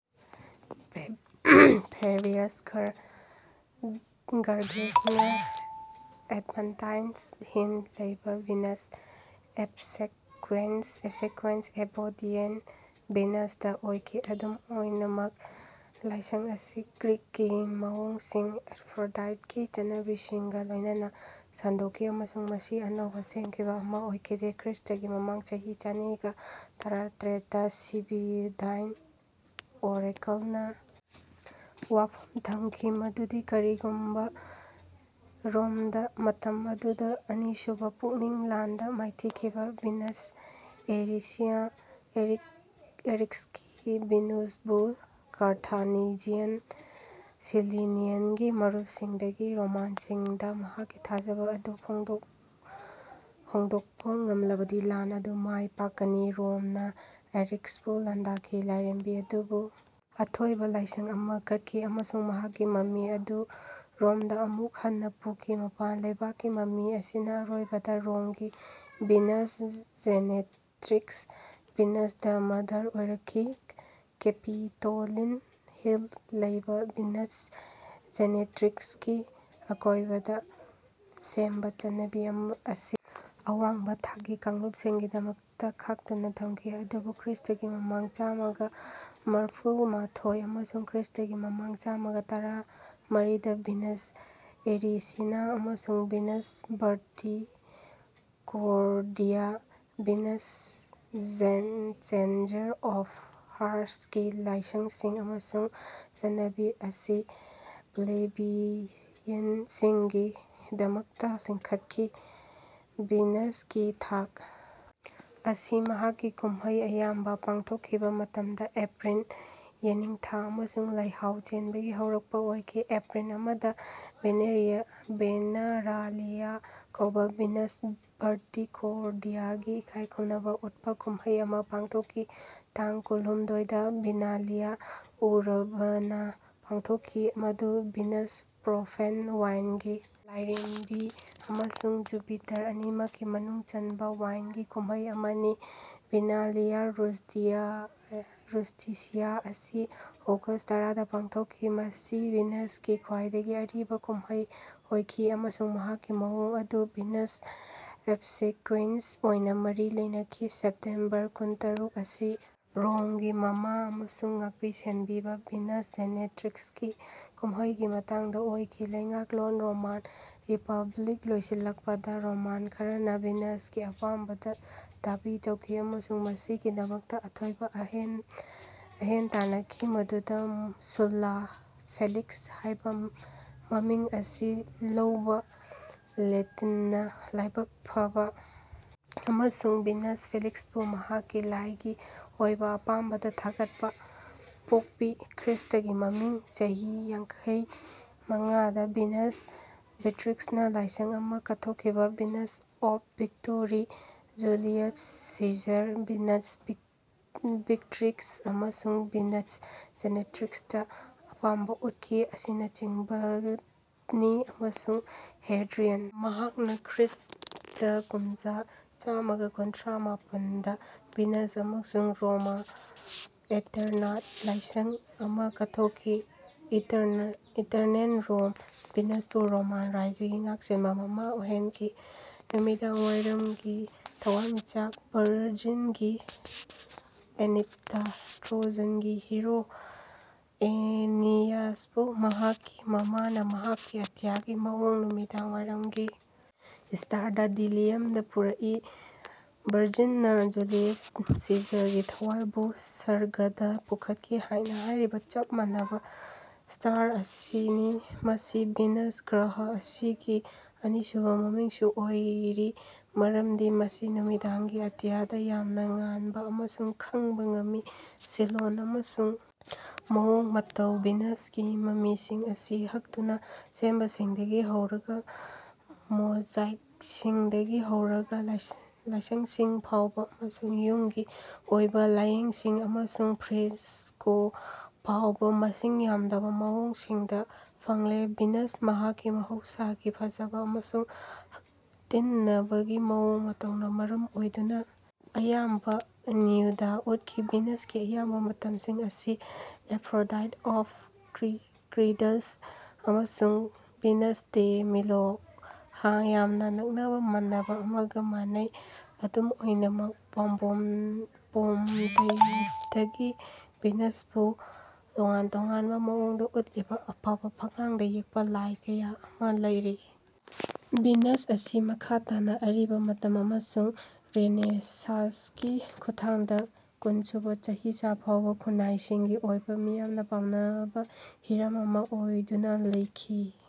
Fabius ꯒꯔꯒꯦꯁꯅ Aventine ꯍꯤꯜꯗ ꯂꯩꯕ Venus ꯑꯣꯕꯁꯦꯀ꯭ꯋꯦꯟꯁ (obedient ꯚꯤꯅꯁ)ꯗ ꯑꯣꯏꯈꯤ꯫ ꯑꯗꯨꯝ ꯑꯣꯏꯅꯃꯛ, ꯂꯥꯏꯁꯪ ꯑꯁꯤ ꯒ꯭ꯔꯤꯛꯀꯤ ꯃꯑꯣꯡꯁꯤꯡ (ꯑꯦꯐ꯭ꯔꯣꯗꯥꯏꯠꯀꯤ ꯆꯠꯅꯕꯤꯁꯤꯡ)ꯒ ꯂꯣꯏꯅꯅ ꯁꯟꯗꯣꯛꯈꯤ ꯑꯃꯁꯨꯡ ꯃꯁꯤ ꯑꯅꯧꯕ ꯁꯦꯝꯈꯤꯕ ꯑꯃ ꯑꯣꯏꯈꯤꯗꯦ꯫ ꯈ꯭ꯔꯤꯁ꯭ꯇꯒꯤ ꯃꯃꯥꯡ ꯆꯍꯤ ꯆꯅꯤꯒꯥ ꯇꯔꯥꯇꯔꯦꯠꯇ ꯁꯤꯕꯤꯂꯥꯏꯟ ꯑꯣꯔꯦꯀꯜꯅ ꯋꯥꯐꯝ ꯊꯝꯈꯤ ꯃꯗꯨꯗꯤ ꯀꯔꯤꯒꯨꯝꯕ ꯔꯣꯝꯅ (ꯃꯇꯝ ꯑꯗꯨꯗ ꯑꯅꯤꯁꯨꯕ ꯄꯨꯅꯤꯛ ꯂꯥꯟꯗ ꯃꯥꯏꯊꯤꯈꯤꯕ) ꯚꯤꯅꯁ ꯑꯦꯔꯤꯁꯤꯅꯥ (ꯑꯦꯔꯤꯛꯁꯀꯤ ꯚꯤꯅꯁ)ꯕꯨ ꯀꯥꯔꯊꯥꯖꯤꯅꯤꯌꯟ ꯁꯤꯂꯤꯁꯤꯌꯟꯒꯤ ꯃꯔꯨꯞꯁꯤꯡꯗꯒꯤ ꯔꯣꯃꯥꯟꯁꯤꯡꯗ ꯃꯍꯥꯛꯀꯤ ꯊꯥꯖꯕ ꯑꯗꯨ ꯍꯣꯡꯗꯣꯛꯄ ꯉꯝꯂꯕꯗꯤ ꯂꯥꯟ ꯑꯗꯨ ꯃꯥꯏ ꯄꯥꯛꯀꯅꯤ꯫ ꯔꯣꯝꯅ ꯑꯦꯔꯤꯛꯁꯄꯨ ꯂꯥꯟꯗꯥꯈꯤ, ꯂꯥꯏꯔꯦꯝꯕꯤ ꯑꯗꯨꯕꯨ ꯑꯊꯣꯏꯕ ꯂꯥꯏꯁꯪ ꯑꯃ ꯀꯠꯈꯤ, ꯑꯃꯁꯨꯡ ꯃꯍꯥꯛꯀꯤ ꯃꯃꯤ ꯑꯗꯨ ꯔꯣꯝꯗ ꯑꯃꯨꯛ ꯍꯟꯅ ꯄꯨꯈꯤ꯫ ꯃꯄꯥꯟ ꯂꯩꯕꯥꯛꯀꯤ ꯃꯃꯤ ꯑꯁꯤꯅ ꯑꯔꯣꯏꯕꯗ ꯔꯣꯝꯒꯤ Venus Genetrix (Venus the mother) ꯑꯣꯏꯔꯛꯈꯤ꯫ ꯀꯦꯄꯤꯇꯣꯂꯤꯟ ꯍꯤꯜꯗ ꯂꯩꯕ ꯚꯤꯅꯁ ꯖꯦꯅꯦꯇ꯭ꯔꯤꯛꯁꯀꯤ ꯑꯀꯣꯏꯕꯗ ꯁꯦꯝꯕ ꯆꯠꯅꯕꯤ ꯑꯁꯤ ꯑꯋꯥꯡꯕ ꯊꯥꯛꯀꯤ ꯀꯥꯡꯂꯨꯞꯁꯤꯡꯒꯤꯗꯃꯛꯇ ꯈꯥꯛꯇꯨꯅ ꯊꯝꯈꯤ, ꯑꯗꯨꯕꯨ ꯈ꯭ꯔꯤꯁ꯭ꯇꯒꯤ ꯃꯃꯥꯡ ꯆꯥꯝꯃꯥꯒ ꯃꯔꯐꯨꯃꯥꯊꯣꯏ ꯑꯃꯁꯨꯡ ꯈ꯭ꯔꯤꯁ꯭ꯇꯒꯤ ꯃꯃꯥꯡ ꯆꯥꯝꯃꯥꯒ ꯇꯔꯥꯃꯔꯤꯗ ꯚꯤꯅꯁ ꯑꯦꯔꯤꯁꯤꯅꯥ ꯑꯃꯁꯨꯡ Venus Verticordia (Venus the changer of ꯍꯥꯔ꯭ꯠꯁ)ꯒꯤ ꯂꯥꯏꯁꯪꯁꯤꯡ ꯑꯃꯁꯨꯡ ꯆꯠꯅꯕꯤ ꯑꯁꯤ ꯄ꯭ꯂꯦꯕꯤꯌꯟꯁꯤꯡꯒꯤꯗꯃꯛꯇ ꯂꯤꯡꯈꯠꯈꯤ꯫ ꯚꯤꯅꯁꯀꯤ ꯊꯥ ꯑꯁꯤ ꯃꯍꯥꯛꯀꯤ ꯀꯨꯝꯍꯩ ꯑꯌꯥꯝꯕ ꯄꯥꯡꯊꯣꯛꯈꯤꯕ ꯃꯇꯝꯗ ꯑꯦꯄ꯭ꯔꯤꯜ (ꯌꯦꯅꯤꯡꯊꯥ ꯑꯃꯁꯨꯡ ꯂꯩꯍꯥꯎ ꯆꯦꯟꯕꯒꯤ ꯍꯧꯔꯛꯄ) ꯑꯣꯏꯈꯤ꯫ ꯑꯦꯄ꯭ꯔꯤꯜ ꯑꯃꯗ ꯚꯦꯅꯦꯔꯥꯂꯤꯌꯥ ꯀꯧꯕ ꯚꯤꯅꯁ ꯚꯔꯇꯤꯀꯣꯔꯗꯤꯌꯥꯒꯤ ꯏꯀꯥꯏꯈꯨꯝꯅꯕ ꯎꯠꯄ ꯀꯨꯝꯍꯩ ꯑꯃ ꯄꯥꯡꯊꯣꯛꯈꯤ꯫ ꯇꯥꯡ ꯀꯨꯟꯍꯨꯝꯗꯣꯏꯗ ꯚꯤꯅꯥꯂꯤꯌꯥ ꯎꯔꯕꯥꯅꯥ ꯄꯥꯡꯊꯣꯛꯈꯤ ꯃꯗꯨ ꯚꯤꯅꯁ (ꯄ꯭ꯔꯣꯐꯦꯟ ꯋꯥꯏꯟꯒꯤ ꯂꯥꯏꯔꯦꯝꯕꯤ) ꯑꯃꯁꯨꯡ ꯖꯨꯄꯤꯇꯔ ꯑꯅꯤꯃꯛꯀꯤ ꯃꯅꯨꯡ ꯆꯟꯕ ꯋꯥꯏꯟꯒꯤ ꯀꯨꯝꯍꯩ ꯑꯃꯅꯤ꯫ ꯚꯤꯅꯥꯂꯤꯌꯥ ꯔꯨꯁ꯭ꯇꯤꯁꯤꯌꯥ ꯑꯁꯤ ꯑꯣꯒꯁ꯭ꯠ ꯇꯔꯥꯗ ꯄꯥꯡꯊꯣꯛꯈꯤ꯫ ꯃꯁꯤ ꯚꯤꯅꯁꯀꯤ ꯈ꯭ꯋꯥꯏꯗꯒꯤ ꯑꯔꯤꯕ ꯀꯨꯝꯍꯩ ꯑꯣꯏꯈꯤ ꯑꯃꯁꯨꯡ ꯃꯍꯥꯛꯀꯤ ꯃꯑꯣꯡ ꯑꯗꯨ ꯚꯤꯅꯁ ꯑꯣꯕꯁꯦꯀ꯭ꯋꯦꯟꯁ ꯑꯣꯏꯅ ꯃꯔꯤ ꯂꯩꯅꯈꯤ꯫ ꯁꯦꯞꯇꯦꯝꯕꯔ ꯀꯨꯟꯇꯔꯨꯛ ꯑꯁꯤ ꯔꯣꯝꯒꯤ ꯃꯃꯥ ꯑꯃꯁꯨꯡ ꯉꯥꯛꯄꯤ-ꯁꯦꯟꯕꯤꯕ ꯚꯤꯅꯁ ꯖꯦꯅꯦꯇ꯭ꯔꯤꯛꯁꯀꯤ ꯀꯨꯝꯍꯩꯒꯤ ꯇꯥꯡ ꯑꯣꯏꯈꯤ꯫ ꯂꯩꯉꯥꯛꯂꯣꯟ ꯔꯣꯃꯥꯟ ꯔꯤꯄꯕ꯭ꯂꯤꯛ ꯂꯣꯏꯁꯤꯜꯂꯛꯄꯗ, ꯔꯣꯃꯥꯟ ꯈꯔꯅ ꯚꯤꯅꯁꯀꯤ ꯑꯄꯥꯝꯕꯗ ꯗꯥꯕꯤ ꯇꯧꯈꯤ ꯑꯃꯁꯨꯡ ꯃꯁꯤꯒꯤꯗꯃꯛꯇ ꯑꯊꯣꯏ-ꯑꯍꯦꯟ ꯇꯥꯟꯅꯈꯤ, ꯃꯗꯨꯗꯤ ꯁꯨꯜꯂꯥ (ꯐꯦꯂꯤꯛꯁ ꯍꯥꯏꯕ ꯃꯤꯡ ꯑꯁꯤ ꯂꯧꯕ, ꯂꯦꯇꯤꯟꯅ ꯂꯥꯏꯕꯛ ꯐꯕ, ꯑꯃꯁꯨꯡ ꯚꯤꯅꯁ ꯐꯦꯂꯤꯛꯁꯄꯨ ꯃꯍꯥꯛꯀꯤ ꯂꯥꯏꯒꯤ ꯑꯣꯏꯕ ꯑꯄꯥꯝꯕꯗ ꯊꯥꯒꯠꯄ), ꯄꯣꯝꯄꯤ (ꯈ꯭ꯔꯤꯁꯇꯒꯤ ꯃꯃꯥꯡ ꯆꯍꯤ ꯌꯥꯡꯈꯩꯃꯉꯥꯗ ꯚꯤꯅꯁ ꯚꯤꯛꯇ꯭ꯔꯤꯛꯁꯇ ꯂꯥꯏꯁꯪ ꯑꯃ ꯀꯠꯊꯣꯛꯈꯤꯕ- Venus of victory), Julius Caesar (Venus Victrix ꯑꯃꯁꯨꯡ ꯚꯤꯅꯁ ꯖꯦꯅꯦꯇ꯭ꯔꯤꯛꯁꯇ ꯑꯄꯥꯝꯕ ꯎꯠꯈꯤꯕ), ꯑꯁꯤꯅꯆꯤꯡꯕꯅꯤ꯫ ꯑꯃꯁꯨꯡ ꯍꯦꯗ꯭ꯔꯤꯌꯟ (ꯃꯍꯥꯛꯅ ꯈ꯭ꯔꯤꯁ꯭ꯠ ꯀꯨꯃꯖꯥ ꯆꯥꯝꯃꯥꯒ ꯀꯨꯟꯊ꯭ꯔꯥꯃꯥꯄꯜꯗ ꯚꯤꯅꯁ ꯑꯃꯁꯨꯡ ꯔꯣꯃꯥ ꯑꯦꯇꯔꯅꯥꯗ ꯂꯥꯏꯁꯪ ꯑꯃ ꯀꯠꯊꯣꯛꯈꯤ ꯏꯇꯔꯅꯦꯜ ꯔꯣꯝ ꯚꯤꯅꯁꯄꯨ ꯔꯣꯃꯥꯟ ꯔꯥꯖ꯭ꯌꯒꯤ ꯉꯥꯛꯁꯦꯟꯕ ꯃꯃꯥ ꯑꯣꯏꯍꯟꯈꯤ꯫ ꯅꯨꯃꯤꯗꯥꯡꯋꯥꯏꯔꯝꯒꯤ ꯊꯋꯥꯟꯃꯤꯆꯥꯛ ꯚꯔꯖꯤꯜꯒꯤ ꯑꯦꯅꯤꯠꯇ, ꯇ꯭ꯔꯣꯖꯟꯒꯤ ꯍꯤꯔꯣ ꯑꯦꯅꯤꯌꯥꯁꯄꯨ ꯃꯍꯥꯛꯀꯤ ꯃꯃꯥꯅ ꯃꯍꯥꯛꯀꯤ ꯑꯇꯤꯌꯥꯒꯤ ꯃꯑꯣꯡ: ꯅꯨꯃꯤꯗꯥꯡꯋꯥꯏꯔꯝꯒꯤ ꯁ꯭ꯇꯥꯔꯗ ꯂꯦꯇꯤꯌꯝꯗ ꯄꯨꯔꯛꯏ꯫ ꯚꯔꯖꯤꯜꯅ ꯖꯨꯂꯤꯌꯁ ꯁꯤꯖꯔꯒꯤ ꯊꯋꯥꯏꯕꯨ ꯁꯔꯒꯗꯥ ꯄꯨꯈꯠꯂꯤ ꯍꯥꯏꯅ ꯍꯥꯏꯔꯤꯕ ꯆꯞ ꯃꯥꯟꯅꯕ ꯁ꯭ꯇꯥꯔ ꯑꯁꯤꯅꯤ꯫ ꯃꯁꯤ ꯚꯤꯅꯁ ꯒ꯭ꯔꯍ ꯑꯁꯤꯒꯤ ꯑꯅꯤꯁꯨꯕ ꯃꯃꯤꯡꯁꯨ ꯑꯣꯏꯔꯤ ꯃꯔꯝꯗꯤ ꯃꯁꯤ ꯅꯨꯃꯤꯗꯥꯡꯒꯤ ꯑꯇꯤꯌꯥꯗ ꯌꯥꯝꯅ ꯉꯥꯟꯕ ꯑꯃꯁꯨꯡ ꯈꯪꯕ ꯉꯝꯃꯤ꯫ ꯁꯤꯟꯂꯣꯟ ꯑꯃꯁꯨꯡ ꯃꯑꯣꯡ ꯃꯇꯧ ꯚꯤꯅꯁꯀꯤ ꯃꯃꯤꯁꯤꯡ ꯑꯁꯤ ꯍꯛꯇꯨꯅ ꯁꯦꯝꯕꯁꯤꯡꯗꯒꯤ ꯍꯧꯔꯒ ꯃꯣꯖꯥꯏꯛꯁꯤꯡꯗꯒꯤ ꯍꯧꯔꯒ ꯂꯥꯏꯁꯪꯁꯤꯡ ꯐꯥꯎꯕ ꯑꯃꯁꯨꯡ ꯌꯨꯝꯒꯤ ꯑꯣꯏꯕ ꯂꯥꯏꯌꯦꯛꯁꯤꯡ ꯑꯃꯁꯨꯡ ꯐ꯭ꯔꯦꯁꯀꯣ ꯐꯥꯎꯕ ꯃꯁꯤꯡ ꯌꯥꯝꯗꯕ ꯃꯑꯣꯡꯁꯤꯡꯗ ꯐꯪꯂꯦ꯫ ꯚꯤꯅꯁ, ꯃꯍꯥꯛꯀꯤ ꯃꯍꯧꯁꯥꯒꯤ ꯐꯖꯕ ꯑꯃꯁꯨꯡ ꯍꯛꯇꯤꯟꯅꯕꯒꯤ ꯃꯑꯣꯡ ꯃꯇꯧꯅ ꯃꯔꯝ ꯑꯣꯏꯗꯨꯅ ꯑꯌꯥꯝꯕꯅ ꯅ꯭ꯌꯨꯗ ꯎꯠꯈꯤ꯫ ꯚꯤꯅꯁꯀꯤ ꯑꯌꯥꯝꯕ ꯃꯤꯇꯝꯁꯤꯡ ꯑꯁꯤ ꯑꯦꯐ꯭ꯔꯣꯗꯥꯏꯠ ꯑꯣꯐ ꯀ꯭ꯅꯤꯗꯁ ꯑꯃꯁꯨꯡ ꯚꯤꯅꯁ ꯗꯦ ꯃꯤꯂꯣꯒ ꯌꯥꯝꯅ ꯅꯛꯅꯕ ꯃꯥꯟꯅꯕ ꯑꯃꯒ ꯃꯥꯟꯅꯩ꯫ ꯑꯗꯨꯝ ꯑꯣꯏꯅꯃꯛ, ꯄꯣꯝꯄꯩꯗꯒꯤ ꯚꯤꯅꯁꯄꯨ ꯇꯣꯉꯥꯟ-ꯇꯣꯉꯥꯟꯕ ꯃꯑꯣꯡꯗ ꯎꯠꯂꯤꯕ ꯑꯐꯕ ꯐꯛꯂꯥꯡꯗ ꯌꯦꯛꯄ ꯂꯥꯏ ꯀꯌꯥ ꯑꯃ ꯂꯩꯔꯤ꯫ ꯚꯤꯅꯁ ꯑꯁꯤ ꯃꯈꯥ ꯇꯥꯅ ꯑꯔꯤꯕ ꯃꯇꯝ ꯑꯃꯁꯨꯡ ꯔꯦꯅꯦꯁꯥꯟꯁꯀꯤ ꯈꯨꯠꯊꯥꯡꯗ ꯀꯨꯟꯁꯨꯕ ꯆꯍꯤꯆꯥ ꯐꯥꯎꯕ ꯈꯨꯠꯅꯥꯏꯕꯁꯤꯡꯒꯤ ꯑꯣꯏꯅ ꯃꯤꯌꯥꯝꯅ ꯄꯥꯝꯅꯕ ꯍꯤꯔꯝ ꯑꯃ ꯑꯣꯏꯗꯨꯅ ꯂꯩꯈꯤ꯫